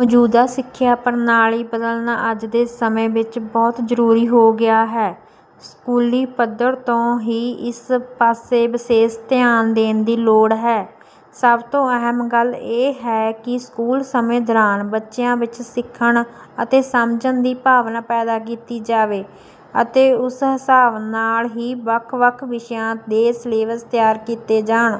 ਮੌਜੂਦਾ ਸਿੱਖਿਆ ਪ੍ਰਣਾਲੀ ਬਦਲਣਾ ਅੱਜ ਦੇ ਸਮੇਂ ਵਿੱਚ ਬਹੁਤ ਜ਼ਰੂਰੀ ਹੋ ਗਿਆ ਹੈ। ਸਕੂਲੀ ਪੱਧਰ ਤੋਂ ਹੀ ਇਸ ਪਾਸੇ ਵਿਸ਼ੇਸ਼ ਧਿਆਨ ਦੇਣ ਦੀ ਲੋੜ ਹੈ। ਸਭ ਤੋਂ ਅਹਿਮ ਗੱਲ ਇਹ ਹੈ ਕਿ ਸਕੂਲ ਸਮੇਂ ਦੌਰਾਨ ਬੱਚਿਆਂ ਵਿੱਚ ਸਿੱਖਣ ਅਤੇ ਸਮਝਣ ਦੀ ਭਾਵਨਾ ਪੈਦਾ ਕੀਤੀ ਜਾਵੇ ਅਤੇ ਉਸ ਹਿਸਾਬ ਨਾਲ ਹੀ ਵੱਖ ਵੱਖ ਵਿਸ਼ਿਆਂ ਦੇ ਸਿਲੇਬਸ ਤਿਆਰ ਕੀਤੇ ਜਾਣ।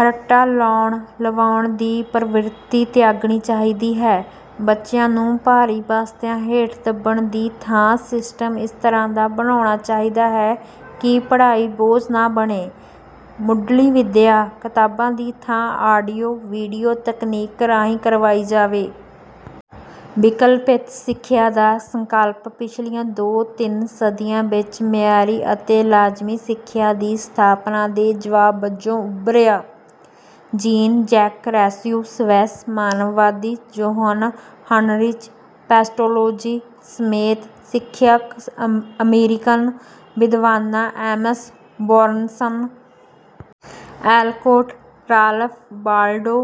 ਰੱਟਾ ਲਾਉਣ ਲਵਾਉਣ ਦੀ ਪ੍ਰਵਿਰਤੀ ਤਿਆਗਣੀ ਚਾਹੀਦੀ ਹੈ। ਬੱਚਿਆਂ ਨੂੰ ਭਾਰੀ ਬਸਤਿਆਂ ਹੇਠ ਦੱਬਣ ਦੀ ਥਾਂ ਸਿਸਟਮ ਇਸ ਤਰ੍ਹਾਂ ਦਾ ਬਣਾਉਣਾ ਚਾਹੀਦਾ ਹੈ ਕਿ ਪੜ੍ਹਾਈ ਬੋਝ ਨਾ ਬਣੇ। ਮੁੱਢਲੀ ਵਿੱਦਿਆ ਕਿਤਾਬਾਂ ਦੀ ਥਾਂ ਆਡੀਓ ਵੀਡੀਓ ਤਕਨੀਕ ਰਾਹੀਂ ਕਰਵਾਈ ਜਾਵੇ। ਵਿਕਲਪਿਤ ਸਿੱਖਿਆ ਦਾ ਸੰਕਲਪ ਪਿਛਲੀਆਂ ਦੋ ਤਿੰਨ ਸਦੀਆਂ ਵਿੱਚ ਮਿਆਰੀ ਅਤੇ ਲਾਜ਼ਮੀ ਸਿੱਖਿਆ ਦੀ ਸਥਾਪਨਾ ਦੇ ਜਵਾਬ ਵਜੋਂ ਉੱਭਰਿਆ। ਜੀਨ ਜੈਕ ਰੋਸੇਯੂ ਸਵਿੱਸ ਮਾਨਵਵਾਦੀ ਜੋਹਨ ਹਨਰਿਚ ਪੈਸਟੋਲੋਜ਼ੀ ਸਮੇਤ ਸਿੱਖਿਅਕ ਅਮਰੀਕਨ ਵਿਦਵਾਨਾਂ Amos Bronson Alcott Ralph Waldo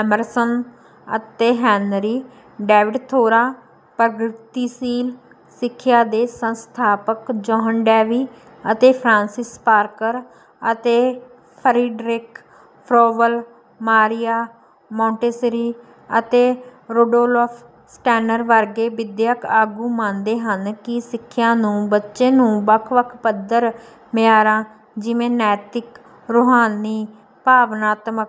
Emerson ਅਤੇ ਹੈਨਰੀ ਡੇਵਿਡ ਥੋਰਾ ਪ੍ਰਗਤੀਸ਼ੀਲ ਸਿੱਖਿਆ ਦੇ ਸੰਸਥਾਪਕ ਜੌਹਨ ਡੇਵੀ ਅਤੇ ਫਰਾਂਸਿਸ ਪਾਰਕਰ ਅਤੇ ਫਰੀਡਰਿਕ ਫਰੋਬਲ ਮਾਰੀਆ ਮੋਂਟੇਸਰੀ ਅਤੇ ਰੁਡੌਲਫ ਸਟੈਨਰ ਵਰਗੇ ਵਿੱਦਿਅਕ ਆਗੂ ਮੰਨਦੇ ਹਨ ਕਿ ਸਿੱਖਿਆ ਨੂੰ ਬੱਚੇ ਨੂੰ ਵੱਖ ਵੱਖ ਪੱਧਰ ਮਿਆਰਾਂ ਜਿਵੇਂ ਨੈਤਿਕ ਰੂਹਾਨੀ ਭਾਵਨਾਤਮਕ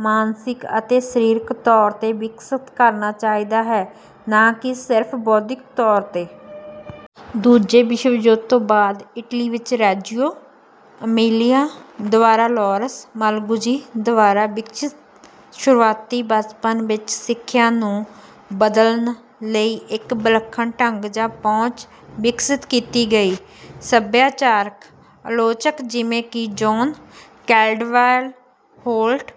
ਮਾਨਸਿਕ ਅਤੇ ਸਰੀਰਕ ਤੌਰ ਤੇ ਵਿਕਸਿਤ ਕਰਨਾ ਚਾਹੀਦਾ ਹੈ ਨਾ ਕਿ ਸਿਰਫ ਬੌਧਿਕ ਤੌਰ ਤੇ। ਦੂਜੇ ਵਿਸ਼ਵ ਯੁੱਧ ਤੋਂ ਬਾਅਦ ਇਟਲੀ ਵਿੱਚ ਰੈਜੂਓ ਏਮੀਲਿਆ ਦੁਆਰਾ ਲੋਰਿਸ ਮਲਗੁਜੀ ਦੁਆਰਾ ਵਿਕਸਿਤ ਸ਼ੁਰੂਆਤੀ ਬਚਪਨ ਵਿੱਚ ਸਿੱਖਿਆ ਨੂੰ ਬਦਲਣ ਲਈ ਇੱਕ ਵਿਲੱਖਣ ਢੰਗ ਜਾਂ ਪਹੁੰਚ ਵਿਕਸਿਤ ਕੀਤੀ ਗਈ। ਸੱਭਿਆਚਾਰਕ ਆਲੋਚਕ ਜਿਵੇਂ ਕਿ John Caldwell Holt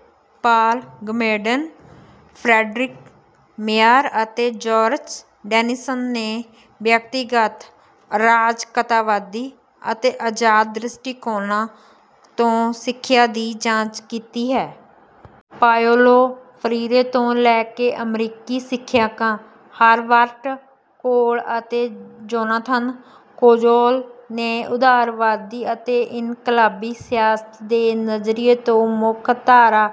Paul Goodman Frederick Mayer ਅਤੇ ਜੌਰਜ ਡੇਨੀਸਨ ਨੇ ਵਿਅਕਤੀਗਤ ਅਰਾਜਕਤਾਵਾਦੀ ਅਤੇ ਆਜ਼ਾਦ ਦ੍ਰਿਸ਼ਟੀਕੋਣਾਂ ਤੋਂ ਸਿੱਖਿਆ ਦੀ ਜਾਂਚ ਕੀਤੀ ਹੈ। ਪਾਓਲੋ ਫਰੀਰੇ ਤੋਂ ਲੈ ਕੇ ਅਮਰੀਕੀ ਸਿੱਖਿਅਕਾਂ ਹਰਬਰਟ ਕੋਲ ਅਤੇ ਜੋਨਾਥਨ ਕੋਜ਼ੋਲ ਨੇ ਉਦਾਰਵਾਦੀ ਅਤੇ ਇਨਕਲਾਬੀ ਸਿਆਸਤ ਦੇ ਨਜ਼ਰੀਏ ਤੋਂ ਮੁੱਖ ਧਾਰਾ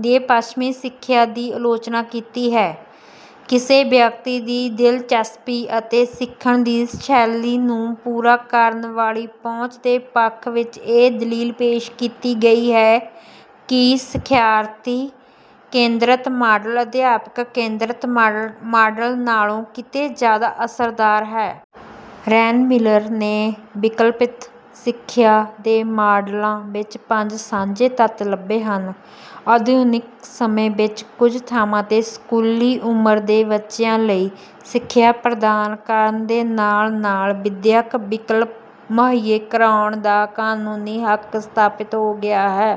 ਦੀ ਪੱਛਮੀ ਸਿੱਖਿਆ ਦੀ ਆਲੋਚਨਾ ਕੀਤੀ ਹੈ। ਕਿਸੇ ਵਿਅਕਤੀ ਦੀ ਦਿਲਚਸਪੀ ਅਤੇ ਸਿੱਖਣ ਦੀ ਸ਼ੈਲੀ ਨੂੰ ਪੂਰਾ ਕਰਨ ਵਾਲੀ ਪਹੁੰਚ ਦੇ ਪੱਖ ਵਿੱਚ ਇਹ ਦਲੀਲ ਪੇਸ਼ ਕੀਤੀ ਗਈ ਹੈ ਕਿ ਸਿਖਿਆਰਥੀ ਕੇਂਦਰਤ ਮਾਡਲ ਅਧਿਆਪਕ ਕੇਂਦਰਤ ਮਾਡਲ ਨਾਲੋਂ ਕਿਤੇ ਜਿਆਦਾ ਅਸਰਦਾਰ ਹੈ। ਰੈਨ ਮਿਲਰ ਨੇ ਵਿਕਲਪਿਤ ਸਿੱਖਿਆ ਦੇ ਮਾਡਲਾਂ ਵਿੱਚ ਪੰਜ ਸਾਂਝੇ ਤੱਤ ਲੱਭੇ ਹਨ। ਆਧੁਨਿਕ ਸਮੇਂ ਵਿੱਚ ਕੁਝ ਥਾਵਾਂ ਤੇ ਸਕੂਲੀ ਉਮਰ ਦੇ ਬੱਚਿਆਂ ਲਈ ਸਿੱਖਿਆ ਪ੍ਰਦਾਨ ਕਰਨ ਦੇ ਨਾਲ ਨਾਲ ਵਿੱਦਿਅਕ ਵਿਕਲਪ ਮੁਹੱਈਆ ਕਰਾਉਣ ਦਾ ਕਾਨੂੰਨੀ ਹੱਕ ਸਥਾਪਿਤ ਹੋ ਗਿਆ ਹੈ।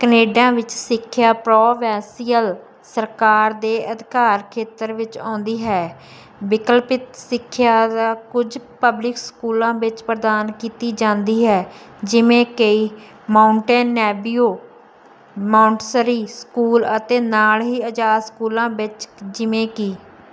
ਕੈਨੇਡਾ ਵਿੱਚ ਸਿੱਖਿਆ ਪ੍ਰੋਵਿੰਸ਼ੀਅਲ ਸਰਕਾਰ ਦੇ ਅਧਿਕਾਰ ਖੇਤਰ ਵਿੱਚ ਆਉਂਦੀ ਹੈ। ਵਿਕਲਪਿਤ ਸਿੱਖਿਆ ਕੁਝ ਪਬਲਿਕ ਸਕੂਲਾਂ ਵਿੱਚ ਪ੍ਰਦਾਨ ਕੀਤੀ ਜਾਂਦੀ ਹੈ ਜਿਵੇਂ ਕਿ ਮਾਉਂਟੇਨਵਿਉ ਮੌਂਟਸਰੀ ਸਕੂਲ ਅਤੇ ਨਾਲ ਹੀ ਆਜ਼ਾਦ ਸਕੂਲਾਂ ਵਿੱਚ ਜਿਵੇਂ ਕਿ